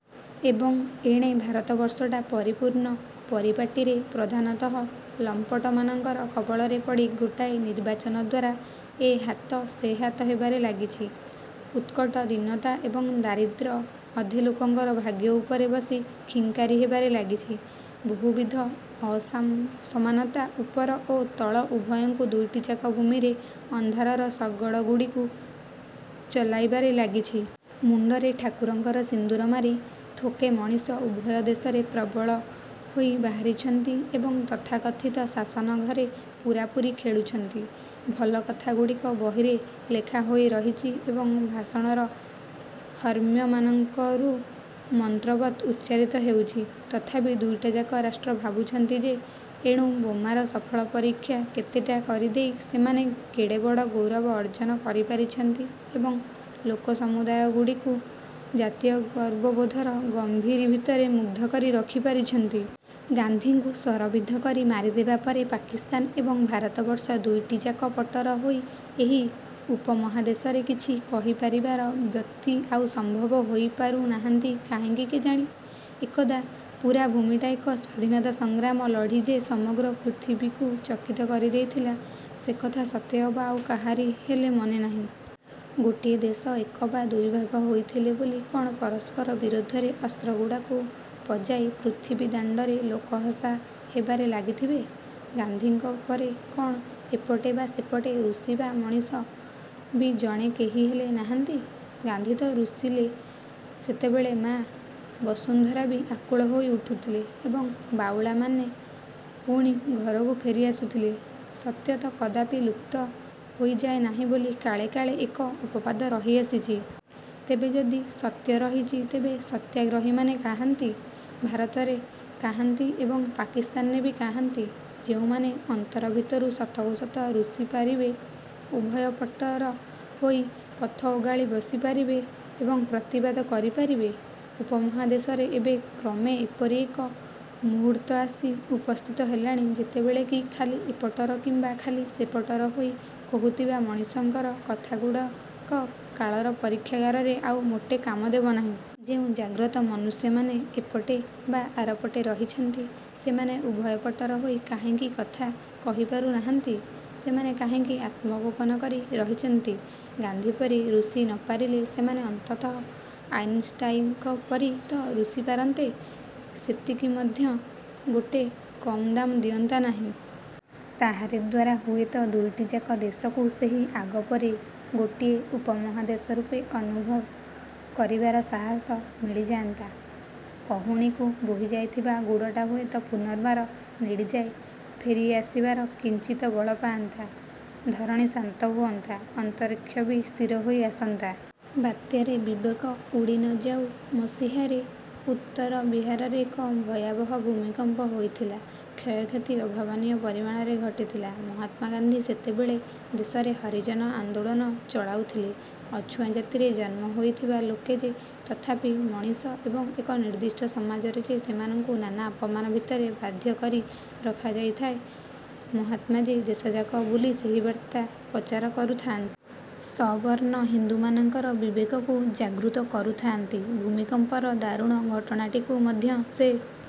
ଏବଂ ଏଣେ ଭାରତବର୍ଷଟା ପରିପୂର୍ଣ୍ଣ ପରିପାଟୀରେ ପ୍ରଧାନତଃ ଲମ୍ପଟ ମାନଙ୍କର କବଳରେ ପଡ଼ି ଗୋଟାଏ ନିର୍ବାଚନ ଦ୍ଵାରା ଏ ହାତ ସେ ହାତ ହେବାରେ ଲାଗିଛି। ଉତ୍କଟ ଦୀନତା ଏବଂ ଦାରିଦ୍ର୍ୟ ଅଧେ ଲୋକଙ୍କର ଭାଗ୍ୟ ଉପରେ ବସି ଖିଙ୍କାରି ହେବାରେ ଲାଗିଛି। ବହୁବିଧ ଅସମାନତା ଉପର ଓ ତଳ ଉଭୟଙ୍କୁ ଦୁଇଟିଯାକ ଭୂମିରେ ଅନ୍ଧାରର ଶଗଡ଼ଗୁଡ଼ିକୁ ଚଲାଇବାରେ ଲାଗିଛି। ମୁଣ୍ଡରେ ଠାକୁରଙ୍କର ସିନ୍ଦୁର ମାରି ଥୋକେ ମଣିଷ ଉଭୟ ଦେଶରେ ପ୍ରବଳ ହୋଇ ବାହାରିଛନ୍ତି ଏବଂ ତଥାକଥିତ ଶାସନଘରେ ପୂରାପୂରି ଖେଳୁଛନ୍ତି। ଭଲ କଥାଗୁଡ଼ିକ ବହିରେ ଲେଖାହୋଇ ରହିଛି ଏବଂ ଭାଷଣର ହର୍ମ୍ୟମାନଙ୍କରୁ ମନ୍ତ୍ରବତ୍ ଉଚ୍ଚାରିତ ହେଉଛି। ତଥାପି ଦୁଇଟାଯାକ ରାଷ୍ଟ୍ର ଭାବୁଛନ୍ତି ଯେ ଅଣୁ ବୋମାର ସଫଳ ପରୀକ୍ଷା କେତେଟା କରିଦେଇ ସେମାନେ କେଡ଼େ ବଡ଼ ଗୌରବ ଅର୍ଜନ କରିପାରିଛନ୍ତି ଏବଂ ଲୋକସମୁଦାୟ ଗୁଡ଼ିକୁ ଜାତୀୟ ଗର୍ବବୋଧର ଗମ୍ଭୀରି ଭିତରେ ମୁଗ୍ଧ କରି ରଖିପାରିଛନ୍ତି। ଗାନ୍ଧୀଙ୍କୁ ଶରବିଦ୍ଧ କରି ମାରିଦେବା ପରେ ପାକିସ୍ତାନ ଏବଂ ଭାରତବର୍ଷ ଦୁଇଟିଯାକ ପଟର ହୋଇ ଏହି ଉପମହାଦେଶରେ କିଛି କହିପାରିବାର ବ୍ୟକ୍ତି ଆଉ ସମ୍ଭବ ହୋଇ ପାରୁନାହାନ୍ତି କାହିଁକି କେଜାଣି? ଏକଦା ପୂରା ଭୂମିଟା ଏକ ସ୍ୱାଧୀନତା ସଂଗ୍ରାମ ଲଢ଼ି ଯେ ସମଗ୍ର ପୃଥିବୀକୁ ଚକିତ କରିଦେଇଥିଲା, ସେକଥା ସତେଅବା ଆଉ କାହାରି ହେଲେ ମନେନାହିଁ। ଗୋଟିଏ ଦେଶ ଏକ ବା ଦୁଇ ଭାଗ ହୋଇଥିଲେ ବୋଲି କଣ ପରସ୍ପର ବିରୋଧରେ ଅସ୍ତ୍ରଗୁଡ଼ାକୁ ପଜାଇ ପୃଥିବୀଦାଣ୍ଡରେ ଲୋକହସା ହେବାରେ ଲାଗିଥିବେ? ଗାନ୍ଧୀଙ୍କ ପରେ କଣ ଏପଟେ ବା ସେପଟେ ରୁଷିବା ମଣିଷ ବି ଜଣେ କେହିହେଲେ ନାହାନ୍ତି? ଗାନ୍ଧୀ ତ ରୁଷିଲେ ସେତେବେଳେ ମାଆ ବସୁନ୍ଧରାବି ଆକୁଳ ହୋଇ ଉଠୁଥିଲେ ଏବଂ ବାଉଳାମାନେ ପୁଣି ଘରକୁ ଫେରି ଆସୁଥିଲେ, ସତ୍ୟ ତ କଦାପି ଲୁପ୍ତ ହୋଇଯାଏ ନାହିଁ ବୋଲି କାଳେ କାଳେ ଏକ ଅପବାଦ ରହିଆସିଛି। ତେବେ ଯଦି ସତ୍ୟ ରହିଛି, ତେବେ ସତ୍ୟାଗ୍ରହୀମାନେ କାହାନ୍ତି? ଭାରତରେ କାହାନ୍ତି ଏବଂ ପାକିସ୍ତାନରେ ବି କାହାନ୍ତି? ଯୋଉମାନେ ଅନ୍ତର ଭିତରୁ ସତକୁ ସତ ରୁଷିପାରିବେ, ଉଭୟ ପଟର ହୋଇ ପଥ ଓଗାଳି ବସିପାରିବେ ଏବଂ ପ୍ରତିବାଦ କରିପାରିବେ? ଉପମହାଦେଶରେ ଏବେ କ୍ରମେ ଏପରି ଏକ ମୁହୂର୍ତ୍ତ ଆସି ଉପସ୍ଥିତ ହେଲାଣି, ଯେତେବେଳେ କି ଖାଲି ଏପଟର କିମ୍ବା ଖାଲି ସେପଟର ହୋଇ କହୁଥିବା ମଣିଷଙ୍କର କଥାଗୁଡ଼ାକ କାଳର ପରୀକ୍ଷାଗାରରେ ଆଉ ମୋଟେ କାମ ଦେବନାହିଁ। ଯେଉଁ ଜାଗ୍ରତ ମନୁଷ୍ୟମାନେ ଏପଟେ ବା ଆରପଟେ ରହିଛନ୍ତି, ସେମାନେ ଉଭୟ ପଟର ହୋଇ କାହିଁକି କଥା କହିପାରୁ ନାହାନ୍ତି? ସେମାନେ କାହିଁକି ଆତ୍ମଗୋପନ କରି ରହିଛନ୍ତି? ଗାନ୍ଧୀପରି ରୁଷି ନପାରିଲେ ସେମାନେ ଅନ୍ତତଃ ଆଇନଷ୍ଟାଇଙ୍କ ପରି ତ ରୁଷି ପାରନ୍ତେ। ସେତିକି ମଧ୍ୟ ମୋଟେ କମ୍ କାମ ଦିଅନ୍ତା ନାହିଁ। ତାହାରି ଦ୍ୱାରା ହୁଏତ ଦୁଇଟିଯାକ ଦେଶକୁ ସେହି ଆଗପରି ଗୋଟିଏ ଉପମହାଦେଶ ରୂପେ ଅନୁଭବ କରିବାର ସାହସ ମିଳିଯାଆନ୍ତା। କହୁଣୀକୁ ବୋହିଯାଇଥିବା ଗୁଡ଼ଟା ହୁଏତ ପୁନର୍ବାର ନେଡ଼ିଯାଏ ଫେରି ଆସିବାର କିଞ୍ଚିତ ବଳ ପାଆନ୍ତା, ଧରଣୀ ଶାନ୍ତ ହୁଅନ୍ତା। ଅନ୍ତରୀକ୍ଷ ବି ସ୍ଥିର ହୋଇ ଆସନ୍ତା। ବାତ୍ୟାରେ ବିବେକ ଉଡ଼ିନଯାଉ ମସିହାରେ ଉତ୍ତର ବିହାରରେ ଏକ ଭୟାବହ ଭୂମିକମ୍ପ ହୋଇଥିଲା, କ୍ଷୟକ୍ଷତି ଅଭାବନୀୟ ପରିମାଣରେ ଘଟିଥିଲା। ମହାତ୍ମା ଗାନ୍ଧୀ ସେତେବେଳେ ଦେଶରେ ହରିଜନ ଆନ୍ଦୋଳନ ଚଳାଉଥିଲେ। ଅଛୁଆଁ ଜାତିରେ ଜନ୍ମ ହୋଇଥିବା ଲୋକେ ଯେ ତଥାପି ମଣିଷ ଏବଂ ଏକ ନିର୍ଦ୍ଦିଷ୍ଟ ସମାଜରେ ଯେ ସେମାନଙ୍କୁ ନାନା ଅପମାନ ଭିତରେ ବାଧ୍ୟ କରି ରଖାଯାଇଥାଏ, ମହାତ୍ମାଜୀ ଦେଶଯାକ ବୁଲି ସେହି ବାର୍ତ୍ତା ପ୍ରଚାର କରୁଥାନ୍ତି। ସବର୍ଣ୍ଣ ହିନ୍ଦୁମାନଙ୍କର ବିବେକକୁ ଜାଗୃତ କରୁଥାଆନ୍ତି। ଭୂମିକମ୍ପର ଦାରୁଣ ଘଟଣାଟିକୁ ମଧ୍ୟ ସେ